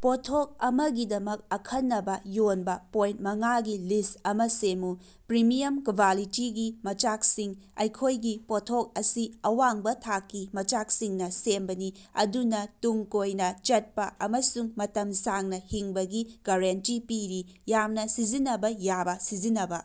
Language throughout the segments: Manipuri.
ꯄꯣꯠꯊꯣꯛ ꯑꯃꯒꯤꯗꯃꯛ ꯑꯈꯟꯅꯕ ꯌꯣꯟꯕ ꯄꯣꯏꯟꯇ ꯃꯉꯥꯒꯤ ꯂꯤꯁ꯭ꯠ ꯑꯃ ꯁꯦꯝꯃꯨ꯫ ꯄ꯭ꯔꯤꯃꯤꯌꯝ ꯀ꯭ꯕꯥꯂꯤꯇꯤꯒꯤ ꯃꯆꯥꯛꯁꯤꯡ: ꯑꯩꯈꯣꯏꯒꯤ ꯄꯣꯠꯊꯣꯛ ꯑꯁꯤ ꯑꯋꯥꯡꯕ ꯊꯥꯛꯀꯤ ꯃꯆꯥꯛꯁꯤꯡꯅ ꯁꯦꯝꯕꯅꯤ꯫ ꯃꯗꯨꯅ ꯇꯨꯡ ꯀꯣꯏꯅ ꯆꯠꯄ ꯑꯃꯁꯨꯡ ꯃꯇꯝ ꯁꯥꯡꯅ ꯍꯤꯡꯕꯒꯤ ꯒꯔꯦꯟꯇꯤ ꯄꯤꯔꯤ꯫ ꯌꯥꯝꯅ ꯁꯤꯖꯤꯟꯅꯕ ꯌꯥꯕ ꯁꯤꯖꯤꯟꯅꯕ: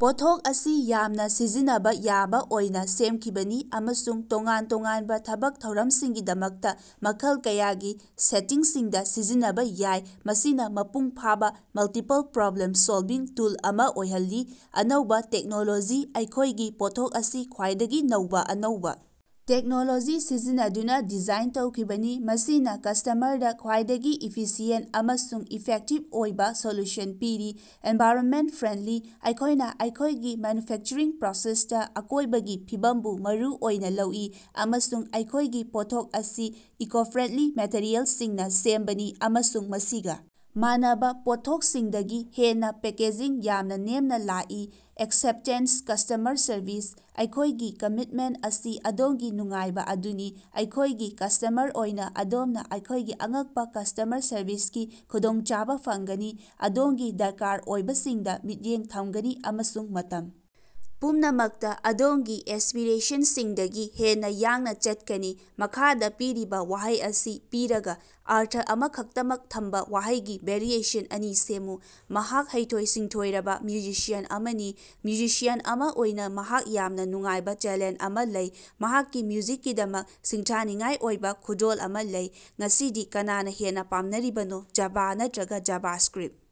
ꯄꯣꯠꯊꯣꯛ ꯑꯁꯤ ꯌꯥꯝꯅ ꯁꯤꯖꯤꯟꯅꯕ ꯌꯥꯕ ꯑꯣꯏꯅ ꯁꯦꯝꯈꯤꯕꯅꯤ꯫ ꯑꯃꯁꯨꯡ ꯇꯣꯉꯥꯟ ꯇꯣꯉꯥꯟꯕ ꯊꯕꯛ ꯊꯧꯔꯝꯁꯤꯡꯒꯤꯗꯃꯛꯇ ꯃꯈꯜ ꯀꯌꯥꯒꯤ ꯁꯦꯇꯤꯡꯁꯤꯡꯗ ꯁꯤꯖꯤꯟꯅꯕ ꯌꯥꯏ꯫ ꯃꯁꯤꯅ ꯃꯄꯨꯡ ꯐꯥꯕ ꯃꯜꯇꯤꯄꯜ ꯄ꯭ꯔꯣꯕ꯭ꯂꯦꯝ-ꯁꯣꯜꯕꯤꯡ ꯇꯨꯜ ꯑꯃ ꯑꯣꯏꯍꯜꯂꯤ꯫ ꯑꯅꯧꯕ ꯇꯦꯛꯅꯣꯂꯣꯖꯤ: ꯑꯩꯈꯣꯏꯒꯤ ꯄꯣꯠꯊꯣꯛ ꯑꯁꯤ ꯈ꯭ꯋꯥꯏꯗꯒꯤ ꯅꯧꯕ ꯑꯅꯧꯕ ꯇꯦꯛꯅꯣꯂꯣꯖꯤ ꯁꯤꯖꯤꯟꯅꯗꯨꯅ ꯗꯤꯖꯥꯏꯟ ꯇꯧꯈꯤꯕꯅꯤ꯫ ꯃꯁꯤꯅ ꯀꯁ꯭ꯇꯃꯔꯗ ꯈ꯭ꯋꯥꯏꯗꯒꯤ ꯏꯐꯤꯁꯤꯌꯦꯟꯇ ꯑꯃꯁꯨꯡ ꯏꯐꯦꯛꯇꯤꯕ ꯑꯣꯏꯕ ꯁꯣꯂꯨꯁꯟ ꯄꯤꯔꯤ꯫ ꯑꯦꯟꯚꯥꯏꯔꯟꯃꯦꯟꯇ ꯐ꯭ꯔꯦꯟꯗꯂꯤ: ꯑꯩꯈꯣꯏꯅ ꯑꯩꯈꯣꯏꯒꯤ ꯃꯦꯟꯌꯨꯐꯦꯛꯆ꯭ꯔꯤꯡ ꯄ꯭ꯔꯣꯁꯦꯁꯇ ꯑꯀꯣꯏꯕꯒꯤ ꯐꯤꯕꯝꯕꯨ ꯃꯔꯨ ꯑꯣꯏꯅ ꯂꯧꯏ꯫ ꯑꯃꯁꯨꯡ ꯑꯩꯈꯣꯏꯒꯤ ꯄꯣꯠꯊꯣꯛ ꯑꯁꯤ ꯏꯀꯣꯐ꯭ꯔꯦꯟꯗꯂꯤ ꯃꯦꯇꯔꯤꯑꯦꯜꯁꯤꯡꯅ ꯁꯦꯝꯕꯅꯤ꯫ ꯑꯃꯁꯨꯡ ꯃꯁꯤꯒ ꯃꯥꯟꯅꯕ ꯄꯣꯠꯊꯣꯛꯁꯤꯡꯗꯒꯤ ꯍꯦꯟꯅ ꯄꯦꯀꯦꯖꯤꯡ ꯌꯥꯝꯅ ꯅꯦꯝꯅ ꯂꯥꯛꯏ꯫ ꯑꯦꯛꯁꯦꯞꯇꯦꯟꯁ ꯀꯁ꯭ꯇꯃꯔ ꯁꯔꯕꯤꯁ: ꯑꯩꯈꯣꯏꯒꯤ ꯀꯃꯤꯠꯃꯦꯟꯇ ꯑꯁꯤ ꯑꯗꯣꯝꯒꯤ ꯅꯨꯡꯉꯥꯏꯕ ꯑꯗꯨꯅꯤ꯫ ꯑꯩꯈꯣꯏꯒꯤ ꯀꯁ꯭ꯇꯃꯔ ꯑꯣꯏꯅ ꯑꯗꯣꯝꯅ ꯑꯩꯈꯣꯏꯒꯤ ꯑꯉꯛꯄ ꯀꯁ꯭ꯇꯃꯔ ꯁꯔꯕꯤꯁꯀꯤ ꯈꯨꯗꯣꯡꯆꯥꯕ ꯐꯪꯒꯅꯤ꯫ ꯑꯗꯣꯝꯒꯤ ꯗꯔꯀꯥꯔ ꯑꯣꯏꯕꯁꯤꯡꯗ ꯃꯤꯠꯌꯦꯡ ꯊꯝꯒꯅꯤ ꯑꯃꯁꯨꯡ ꯃꯇꯝ ꯄꯨꯝꯅꯃꯛꯇ ꯑꯗꯣꯝꯒꯤ ꯑꯦꯁ꯭ꯄꯤꯔꯦꯁꯟꯁꯤꯡꯗꯒꯤ ꯍꯦꯟꯅ ꯌꯥꯡꯅ ꯆꯠꯀꯅꯤ꯫ ꯃꯈꯥꯗ ꯄꯤꯔꯤꯕ ꯋꯥꯍꯩ ꯑꯁꯤ ꯄꯤꯔꯒ ꯑꯔꯊ ꯑꯃꯈꯛꯇꯃꯛ ꯊꯝꯕ ꯋꯥꯍꯩꯒꯤ ꯚꯦꯔꯤꯑꯦꯁꯟ ꯑꯅꯤ ꯁꯦꯝꯃꯨ꯫ ꯃꯍꯥꯛ ꯍꯩꯊꯣꯏ-ꯁꯤꯡꯊꯣꯏꯔꯕ ꯃ꯭ꯌꯨꯖꯤꯁꯤꯌꯥꯟ ꯑꯃꯅꯤ꯫ ꯃ꯭ꯌꯨꯖꯤꯁꯤꯌꯥꯟ ꯑꯃ ꯑꯣꯏꯅ ꯃꯍꯥꯛꯅ ꯌꯥꯝꯅ ꯅꯨꯡꯉꯥꯏꯕ ꯇꯦꯂꯦꯟꯇ ꯑꯃ ꯂꯩ꯫ ꯃꯍꯥꯛꯀꯤ ꯃ꯭ꯌꯨꯖꯤꯛꯀꯤꯗꯃꯛ ꯁꯤꯡꯊꯥꯅꯤꯡꯉꯥꯏ ꯑꯣꯏꯕ ꯈꯨꯗꯣꯜ ꯑꯃ ꯂꯩ꯫ ꯉꯁꯤꯗꯤ ꯀꯅꯥꯅ ꯍꯦꯟꯅ ꯄꯥꯝꯅꯔꯤꯕꯅꯣ ꯖꯥꯚꯥ ꯅꯠꯇ꯭ꯔꯒ ꯖꯥꯚꯥꯁ꯭ꯀꯔꯤꯞꯇ?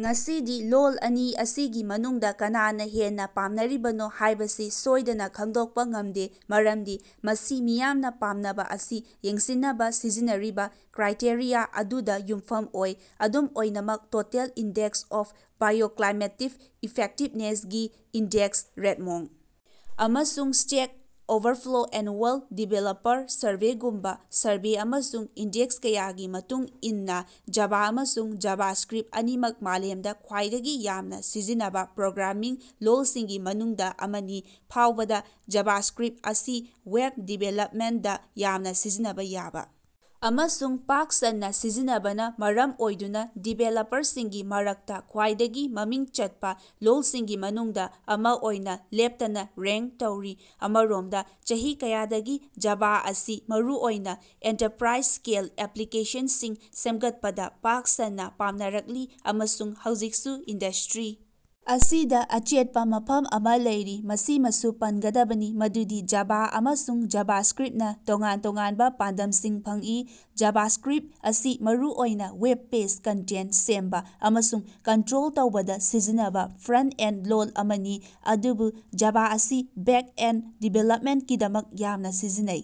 ꯉꯁꯤꯗꯤ ꯂꯣꯜ ꯑꯅꯤ ꯑꯁꯤꯒꯤ ꯃꯅꯨꯡꯗ ꯀꯅꯥꯅ ꯍꯦꯟꯅ ꯄꯥꯝꯅꯔꯤꯕꯅꯣ ꯍꯥꯏꯕꯁꯤ ꯁꯣꯏꯗꯅ ꯈꯪꯗꯣꯛꯄ ꯉꯝꯗꯦ꯫ ꯃꯔꯝꯗꯤ ꯃꯁꯤ ꯃꯤꯌꯥꯝꯅ ꯄꯥꯝꯅꯕ ꯑꯁꯤ ꯌꯦꯡꯁꯤꯟꯅꯕ ꯁꯤꯖꯤꯟꯅꯔꯤꯕ ꯀ꯭ꯔꯥꯏꯇꯦꯔꯤꯌꯥ ꯑꯗꯨꯗ ꯌꯨꯝꯐꯝ ꯑꯣꯏ꯫ ꯑꯗꯨꯝ ꯑꯣꯏꯅꯃꯛ total index of bioclimatic effectiveness ꯒꯤ ꯏꯟꯗꯦꯛꯁ ,ꯔꯦꯗꯃꯣꯡ, ꯑꯃꯁꯨꯡ ꯁ꯭ꯇꯦꯛ ꯑꯣꯚꯔꯐ꯭ꯂꯣ ꯑꯦꯅꯨꯑꯦꯜ ꯗꯤꯕꯦꯂꯄꯔ ꯁꯔꯚꯦꯒꯨꯝꯕ ꯁꯔꯚꯦ ꯑꯃꯁꯨꯡ ꯏꯟꯗꯦꯛꯁ ꯀꯌꯥꯒꯤ ꯃꯇꯨꯡ ꯏꯟꯅꯥ ꯖꯥꯚꯥ ꯑꯃꯁꯨꯡ ꯖꯥꯚꯥꯁ꯭ꯀꯔꯤꯞꯇ ꯑꯅꯤꯃꯛ ꯃꯥꯂꯦꯝꯗ ꯈ꯭ꯋꯥꯏꯗꯒꯤ ꯌꯥꯝꯅ ꯁꯤꯖꯤꯟꯅꯕ ꯄ꯭ꯔꯣꯒ꯭ꯔꯥꯝꯃꯤꯡ ꯂꯣꯜꯁꯤꯡꯒꯤ ꯃꯅꯨꯡꯗ ꯑꯃꯅꯤ꯫ ꯐꯥꯎꯕꯗ, ꯖꯥꯚꯥꯁ꯭ꯛꯔꯤꯞꯇ ꯑꯁꯤ ꯋꯦꯕ ꯗꯤꯕꯦꯂꯄꯃꯦꯟꯇꯗ ꯌꯥꯝꯅ ꯁꯤꯖꯤꯟꯅꯕ ꯌꯥꯕ ꯑꯃꯁꯨꯡ ꯄꯥꯛ ꯁꯟꯅ ꯁꯤꯖꯤꯟꯅꯕꯅ ꯃꯔꯝ ꯑꯣꯏꯗꯨꯅ ꯗꯤꯕꯦꯂꯄꯔꯁꯤꯡꯒꯤ ꯃꯔꯛꯇꯥ ꯈ꯭ꯋꯥꯏꯗꯒꯤ ꯃꯃꯤꯡ ꯆꯠꯄ ꯂꯣꯜꯁꯤꯡꯒꯤ ꯃꯅꯨꯡꯗ ꯑꯃ ꯑꯣꯏꯅ ꯂꯦꯞꯇꯅ ꯔꯦꯉ꯭ꯛ ꯇꯧꯔꯤ꯫ ꯑꯃꯔꯣꯝꯗ, ꯆꯍꯤ ꯀꯌꯥꯗꯒꯤ ꯖꯥꯚꯥ ꯑꯁꯤ ꯃꯔꯨꯑꯣꯏꯅ ꯑꯦꯟꯇꯔꯄ꯭ꯔꯥꯏꯖ-ꯁ꯭ꯀꯦꯜ ꯑꯦꯞꯂꯤꯀꯦꯁꯟꯁꯤꯡ ꯁꯦꯝꯒꯠꯄꯗ ꯄꯥꯛ ꯁꯟꯅ ꯄꯥꯝꯅꯔꯛꯂꯤ ꯑꯃꯁꯨꯡ ꯍꯧꯖꯤꯛꯁꯨ ꯏꯟꯗꯁ꯭ꯇꯔꯤ ꯑꯁꯤꯗ ꯑꯆꯦꯠꯄ ꯃꯐꯝ ꯑꯃ ꯂꯩꯔꯤ꯫ ꯃꯁꯤꯃꯁꯨ ꯄꯟꯒꯗꯕꯅꯤ ꯃꯗꯨꯗꯤ ꯖꯥꯚꯥ ꯑꯃꯁꯨꯡ ꯖꯥꯚꯥꯁ꯭ꯛꯔꯤꯞꯇꯅ ꯇꯣꯉꯥꯟ ꯇꯣꯉꯥꯟꯕ ꯄꯥꯟꯗꯝꯁꯤꯡ ꯐꯪꯏ꯫ ꯖꯥꯚꯥꯁ꯭ꯀꯔꯤꯞꯇ ꯑꯁꯤ ꯃꯔꯨ ꯑꯣꯏꯅ ꯋꯦꯕ ꯄꯦꯖ ꯀꯟꯇꯦꯟꯇ ꯁꯦꯝꯕ ꯑꯃꯁꯨꯡ ꯀꯟꯇ꯭ꯔꯣꯜ ꯇꯧꯕꯗ ꯁꯤꯖꯤꯟꯅꯕ ꯐ꯭ꯔꯟꯇ-ꯑꯦꯟꯗ ꯂꯣꯜ ꯑꯃꯅꯤ꯫ ꯑꯗꯨꯕꯨ ꯖꯥꯚꯥ ꯑꯁꯤ ꯕꯦꯛ-ꯑꯦꯟꯗ ꯗꯤꯕꯦꯂꯄꯃꯦꯟꯇꯀꯤꯗꯃꯛ ꯌꯥꯝꯅ ꯁꯤꯖꯤꯟꯅꯩ꯫